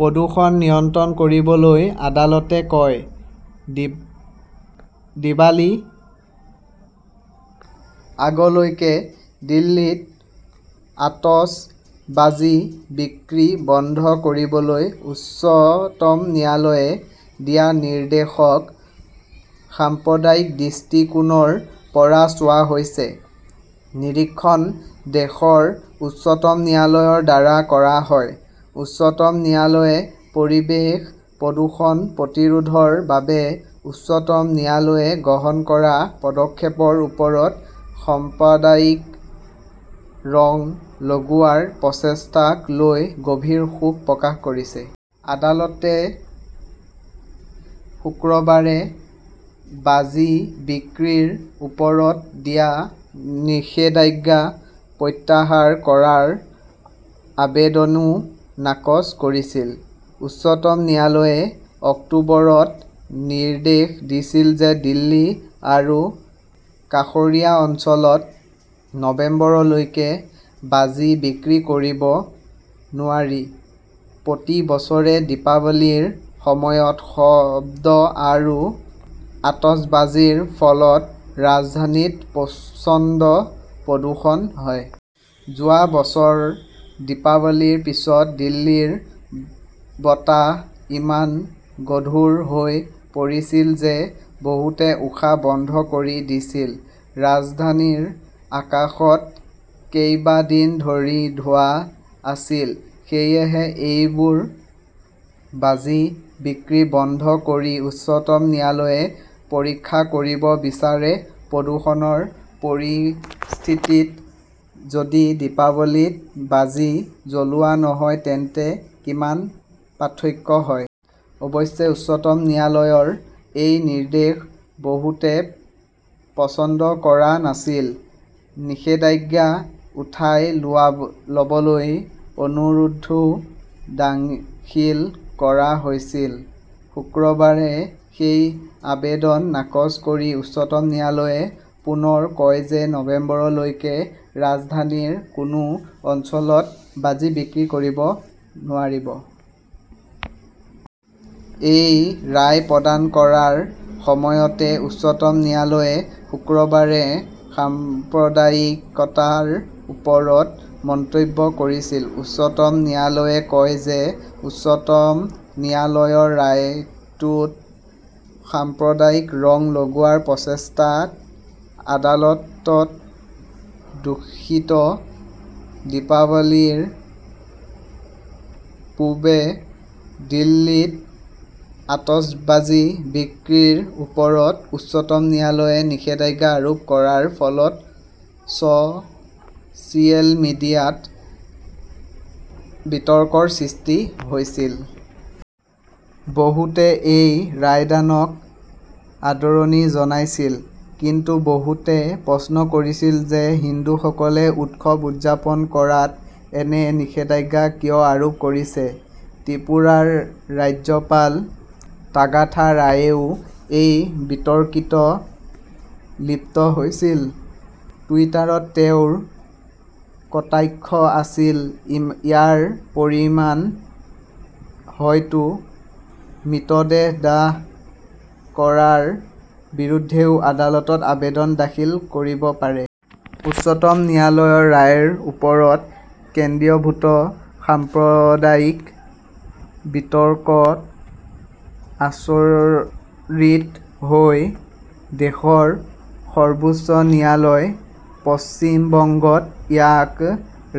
প্ৰদূষণ নিয়ন্ত্ৰণ কৰিবলৈ আদালতে কয়, দিৱালী আগলৈকে দিল্লীত অতচ বাজি বিক্ৰী বন্ধ কৰিবলৈ উচ্চতম ন্যায়ালয়ে দিয়া নিৰ্দেশক সাম্প্ৰদায়িক দৃষ্টিকোণৰ পৰা চোৱা হৈছে। নিৰীক্ষণ দেশৰ উচ্চতম ন্যায়ালয়ৰ দ্বাৰা কৰা হয়। উচ্চতম ন্যায়ালয়ে পৰিৱেশ প্ৰদূষণ প্ৰতিৰোধৰ বাবে উচ্চতম ন্যায়ালয়ে গ্ৰহণ কৰা পদক্ষেপৰ ওপৰত সাম্প্ৰদায়িক ৰং লগোৱাৰ প্ৰচেষ্টাক লৈ গভীৰ শোক প্ৰকাশ কৰিছে। আদালতে শুকুৰবাৰে বাজি বিক্ৰীৰ ওপৰত দিয়া নিষেধাজ্ঞা প্ৰত্যাহাৰ কৰাৰ আবেদনও নাকচ কৰিছিল। উচ্চতম ন্যায়ালয়ে অক্টোবৰত নিৰ্দেশ দিছিল যে, দিল্লী আৰু কাষৰীয়া অঞ্চলত নৱেম্বৰলৈকে বাজি বিক্ৰী কৰিব নোৱাৰি প্ৰতি বছৰে দীপাৱলীৰ সময়ত শব্দ আৰু আতচবাজীৰ ফলত ৰাজধানীত প্ৰচণ্ড প্ৰদূষণ হয়। যোৱা বছৰ দীপাৱলীৰ পিছত দিল্লীৰ বতাহ ইমান গধুৰ হৈ পৰিছিল যে বহুতে উশাহ বন্ধ কৰি দিছিল। ৰাজধানীৰ আকাশত কেইবা দিন ধৰি ধোঁৱা আছিল। সেয়েহে এইবাৰ বাজি বিক্ৰী বন্ধ কৰি উচ্চতম ন্যায়ালয়ে পৰীক্ষা কৰিব বিচাৰে, প্ৰদূষণৰ পৰিস্থিতিত যদি দীপাৱলীত বাজি জ্বলোৱা নহয় তেন্তে কিমান পাৰ্থক্য হয়। অৱশ্যে, উচ্চতম ন্যায়ালয়ৰ এই নিৰ্দেশ বহুতে পচন্দ কৰা নাছিল। নিষেধাজ্ঞা উঠাই ল'বলৈ অনুৰোধও দাখিল কৰা হৈছিল। শুকুৰবাৰে সেই আবেদন নাকচ কৰি উচ্চতম ন্যায়ালয়ে পুনৰ কয় যে নৱেম্বৰলৈকে ৰাজধানীৰ কোনো অঞ্চলত বাজি বিক্ৰী কৰিব নোৱাৰি। এই ৰায় প্ৰদান কৰাৰ সময়তে উচ্চতম ন্যায়ালয়ে শুকুৰবাৰে সাম্প্ৰদায়িকতাৰ ওপৰত মন্তব্য কৰিছিল। উচ্চতম ন্যায়ালয়ে কয় যে, উচ্চতম ন্যায়ালয়ৰ ৰায়টোত সাম্প্ৰদায়িক ৰং লগোৱাৰ প্ৰচেষ্টাত আদালত দুখিত। দীপাৱলীৰ পূৰ্বে দিল্লীত অতচ বাজি বিক্ৰীৰ ওপৰত উচ্চতম ন্যায়ালয়ে নিষেধাজ্ঞা আৰোপ কৰাৰ ফলত ছ 'চিয়েল মিডিয়াত বিতৰ্কৰ সৃষ্টি হৈছিল। বহুতে এই ৰায়দানক আদৰণি জনাইছিল। কিন্তু বহুতে প্ৰশ্ন কৰিছিল যে হিন্দুসকলে উৎসৱ উদযাপন কৰাত এনে নিষেধাজ্ঞা কিয় আৰোপ কৰিছে? ত্ৰিপুৰাৰ ৰাজ্যপাল তাগাথা ৰায়েও এই বিতৰ্কত লিপ্ত হৈছিল। টুইটাৰত তেওঁৰ কটাক্ষ আছিল-ইয়াৰ পৰিমাণ হয়তো মৃতদেহ দাহ কৰাৰ বিৰুদ্ধেও আদালতত আবেদন দাখিল কৰিব পাৰে। উচ্চতম ন্যায়ালয়ৰ ৰায়ৰ ওপৰত কেন্দ্ৰীভূত সাম্প্ৰদায়িক বিতৰ্কত আচৰিত হৈ দেশৰ সৰ্বোচ্চ ন্যায়ালয়। পশ্চিম বংগত ইয়াক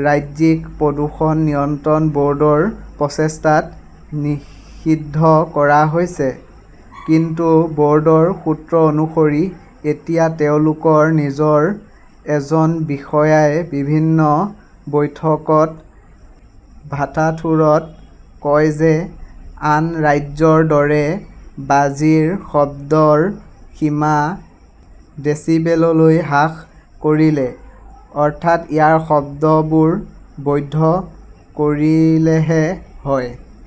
ৰাজ্যিক প্ৰদূষণ নিয়ন্ত্ৰণ ব'ৰ্ডৰ প্ৰচেষ্টাত নিষিদ্ধ কৰা হৈছে। কিন্তু ব ৰ্ডৰ সূত্ৰ অনুসৰি, এতিয়া তেওঁলোকৰ নিজৰ এজন বিষয়াই বিভিন্ন বৈঠকত ভাট্টাথোৰত কয় যে আন ৰাজ্যৰ দৰে বাজিৰ শব্দৰ সীমা ডেছিবেললৈ হ্ৰাস কৰিলে, অৰ্থাৎ ইয়াত শব্দবোৰ বৈধ কৰিলেহে হয়।